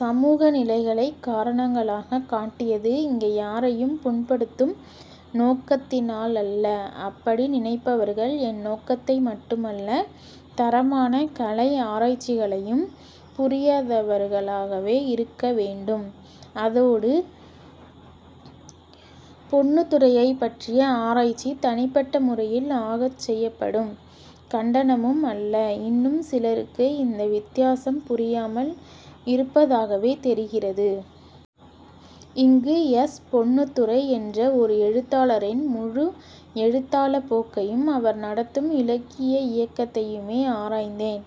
சமூக நிலைகளைக் காரணங்களாகக் காட்டியது இங்க யாரையும் புண்படுத்தும் நோக்கத்தினாலல்ல. அப்படி நினைப்பவர்கள் என் நோக்கத்தை மட்டுமல்ல, தரமான கலை ஆராய்ச்சிகளையும் புரியதவர்களாகவே இருக்க வேண்டும். அதோடு பொன்னுத்துரையைப்பற்றிய ஆராய்ச்சி தனிப்பட்ட முறையில் ஆகச் செய்யப்படும் கண்டனமும் அல்ல. இன்னும் சிலருக்கு இந்த வித்தியாசம் புரியாமல் இருப்பதாகவே தெரிகிறது. இங்கு எஸ். பொன்னுத்துரை என்ற ஓர் எழுத்தாளாரின் முழு எழுத்தாளப் போக்கையும் அவர் நடத்தும் இலக்கிய இயக்கத்தையுமே ஆராய்ந்தேன்.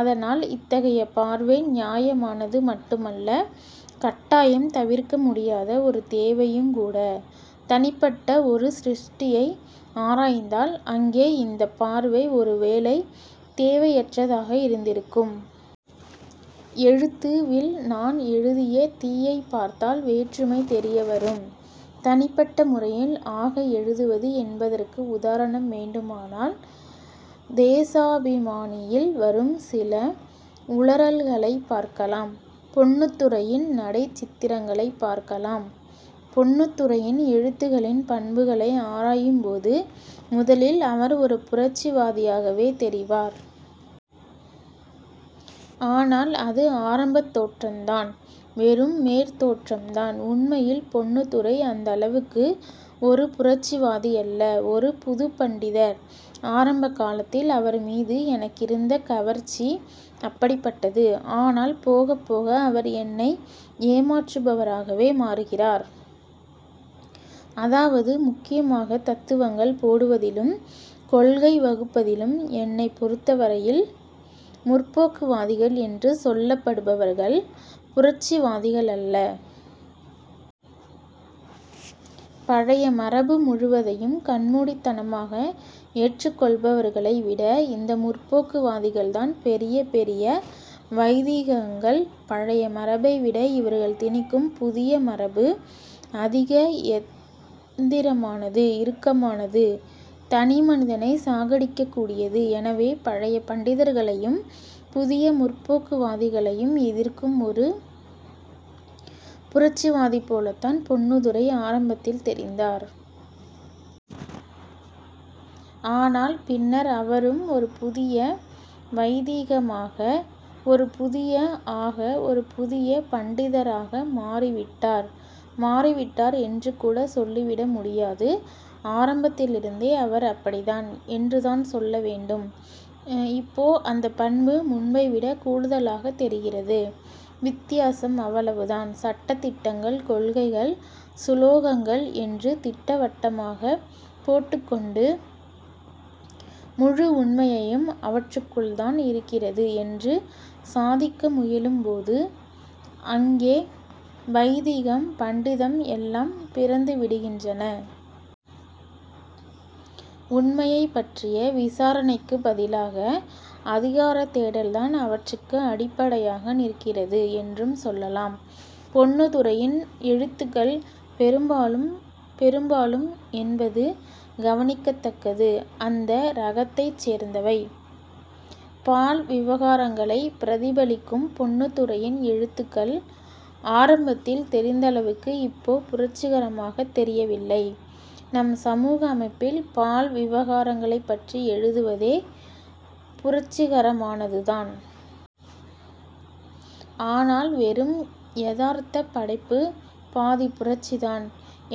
அதனால் இத்தகைய பார்வை நியாயமானது மட்டுமல்ல, கட்டாயம் தவிர்க்க முடியாத ஒரு தேவையுங்கூட. தனிப்பட்ட ஒரு சிருஷ்டியை ஆராய்ந்தால் அங்கே இந்தப் பார்வை ஒருவேளை தேவையற்றதாக இருந்திருக்கும். 'எழுத்து'வில் நான் எழுதிய 'தீ'யைப் பார்த்தால் வேற்றுமை தெரியவரும். தனிப்பட்ட முறையில் ஆக எழுதுவது என்பதற்கு உதாரணம் வேண்டுமானால் 'தேசாபிமானி'யில் வரும் சில உளறல்களைப் பார்க்கலாம். பொன்னுத்துரையின் நடைச் சித்திரங்களைப் பார்க்கலாம். பொன்னுத்துரையின் எழுத்துகளின் பண்புகளை ஆராயும் போது முதலில் அவர் ஒரு புரட்சிவாதியாகவே தெரிவார். ஆனால் அது ஆரம்பத் தோற்றந்தான். வெறும் மேற்தோற்றம்தான். உண்மையில் பொன்னுத்துரை அந்தளவுக்கு ஒரு புரட்சிவாதியல்ல. ஒரு புதுப் பண்டிதர். ஆரம்ப காலத்தில் அவர்மீது எனக்கிருந்த கவர்ச்சி அப்படிப்பட்டது. ஆனால் போகப் போக அவர் என்னை ஏமாற்றுபவராகவே மாறுகிறார். அதாவது, முக்கியமாகத் தத்துவங்கள் போடுவதிலும் கொள்கை வகுப்பதிலும் என்னைப் பொருத்தவரையில் 'முற்போக்கு'வாதிகள் என்று சொல்லப்படுபவர்கள் புரட்சிவாதிகளல்ல. பழைய மரபு முழுவதையும் கண்மூடித்தனமாக ஏற்றக்கொள்பவர்களை விட இந்த 'முற்போக்கு'வாதிகள்தான் பெரிய. பெரிய வைதீகங்கள். பழைய மரபை விட இவர்கள் திணிக்கும் புதிய மரபு அதிக யந்திரமானது. இறுக்கமானது. தனிமனிதனைச் சாகடிக்கக் கூடியது. எனவே, பழைய பண்டிதர்களையும், புதிய 'முற்போக்கு'வாதிகளையும் எதிர்க்கும் ஒரு புரட்சிவாதிபோலத்தான் பொன்னுத்துரை ஆரம்பத்தில் தெரிந்தார். ஆனால் பின்னர் அவரும் ஒரு புதிய வைதீகமாக, ஒரு புதிய ஆக, ஒரு புதிய பண்டிதராக மாறிவிட்டார். மாறிவிட்டார் என்றுகூட சொல்லிவிட முடியாது. ஆரம்பத்திலிருந்தே அவர் அப்படித்தான் என்றுதான் சொல்ல வேண்டும். இப்போ அந்தப் பண்பு முன்பை விடக் கூடுதலாகத் தெரிகிறது. வித்தியாசம் அவ்வளவுதான். சட்ட திட்டங்கள், கொள்கைகள், சுலோகங்கள் என்று திட்டவட்டமாகப் போட்டுக் கொண்டு முழு உண்மையும் அவற்றுக்குள்தான் இருக்கிறது என்று சாதிக்க முயலும்போது அங்கே, வைதீகம், பண்டிதம் எல்லாம் பிறந்துவிடுகின்றன. உண்மையைப் பற்றிய விசாரணைக்குப் பதிலாக அதிகாரத் தேடல்தான் அவற்றுக்கு அடிப்படையாக நிற்கிறது என்றும் சொல்லலாம். பொன்னுத்துரையின் எழுத்துகள் பெரும்பாலும் பெரும்பாலும் என்பது கவனிக்கத்தக்கது அந்த ரகத்தைச் சேர்ந்தவை. பால் விவகாரங்களைப் பிரதிபலிக்கும் பொன்னுத்துரையின் எழுத்துகள் ஆரம்பத்தில் தெரிந்தளவுக்கு இப்போ புரட்சிகரமாகத் தெரியவில்லை. நம் சமூக அமைப்பில் பால் விவகாரங்களைப்பற்றி எழுதுவதே புரட்சிகரமானதுதான். ஆனால் வெறும் யதார்த்தப் படைப்பு பாதிப் புரட்சிதான்.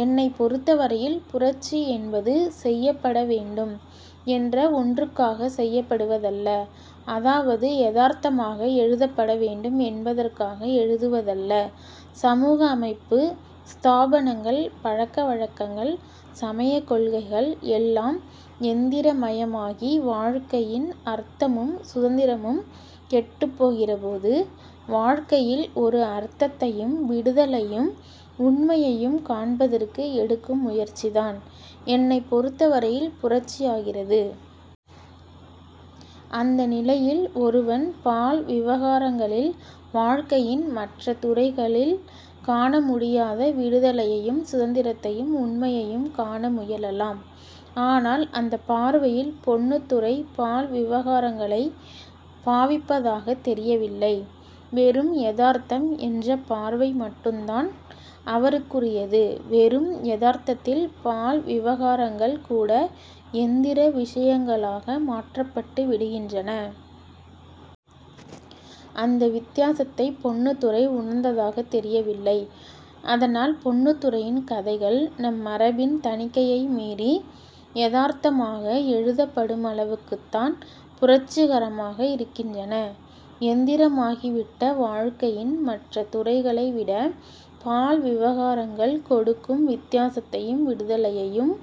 என்னைப் பொருத்தவரையில், புரட்சி என்பது செய்யப்பட வேண்டும் என்ற ஒன்றுக்காகச் செய்யப்படுவதல்ல. அதாவது யதார்த்தமாக எழுதப்பட வேண்டும் என்பதற்காக எழுதுவதல்ல. சமூக அமைப்பு, ஸ்தாபனங்கள், பழக்க வழக்கங்கள், சமயக் கொள்கைகள் எல்லாம் யந்திரமயமாகி வாழ்க்கையின் அர்த்தமும் சுதந்திரமும் கெட்டுப்போகிறபோது வாழ்க்கையில் ஒரு அர்த்தத்தையும் விடுதலையும் உண்மையையும் காண்பதற்கு எடுக்கும் முயற்சிதான் என்னைப் பொருத்தவரையில் புரட்சியாகிறது. அந்த நிலையில் ஒருவன் பால் விவகாரங்களில் வாழ்க்கையின் மற்ற துறைகளில் காண முடியாத விடுதலையையும் சுதந்திரத்தையும் உண்மையையும் காண முயலலாம். ஆனால் அந்தப் பார்வையில் பொன்னுத்துரை பால் விவகாரங்களைப் பாவிப்பதாகத் தெரியவில்லை. வெறும் யதார்த்தம் என்ற பார்வை மட்டுந்தான் அவருக்குரியது. வெறும் யதார்த்தத்தில் பால் விவகாரங்கள் கூட யந்திர விசயங்களாக மாற்றப்பட்டு விடுகின்றன. அந்த வித்தியாசத்தைப் பொன்னுத்துரை உணர்ந்ததாகத் தெரியவில்லை. அதனால் பொன்னுத்துரையின் கதைகள் நம் மரபின் தணிக்கையை மீறி யதார்த்தமாக எழுதப்படுமளவுக்குத்தான் புரட்சிகரமாக இருக்கின்றன. யந்திரமாகிவிட்ட வாழ்க்கையின் மற்ற துறைகளை விட பால் விவகாரங்கள் கொடுக்கும் வித்தியாசத்தையும் விடுதலையையும்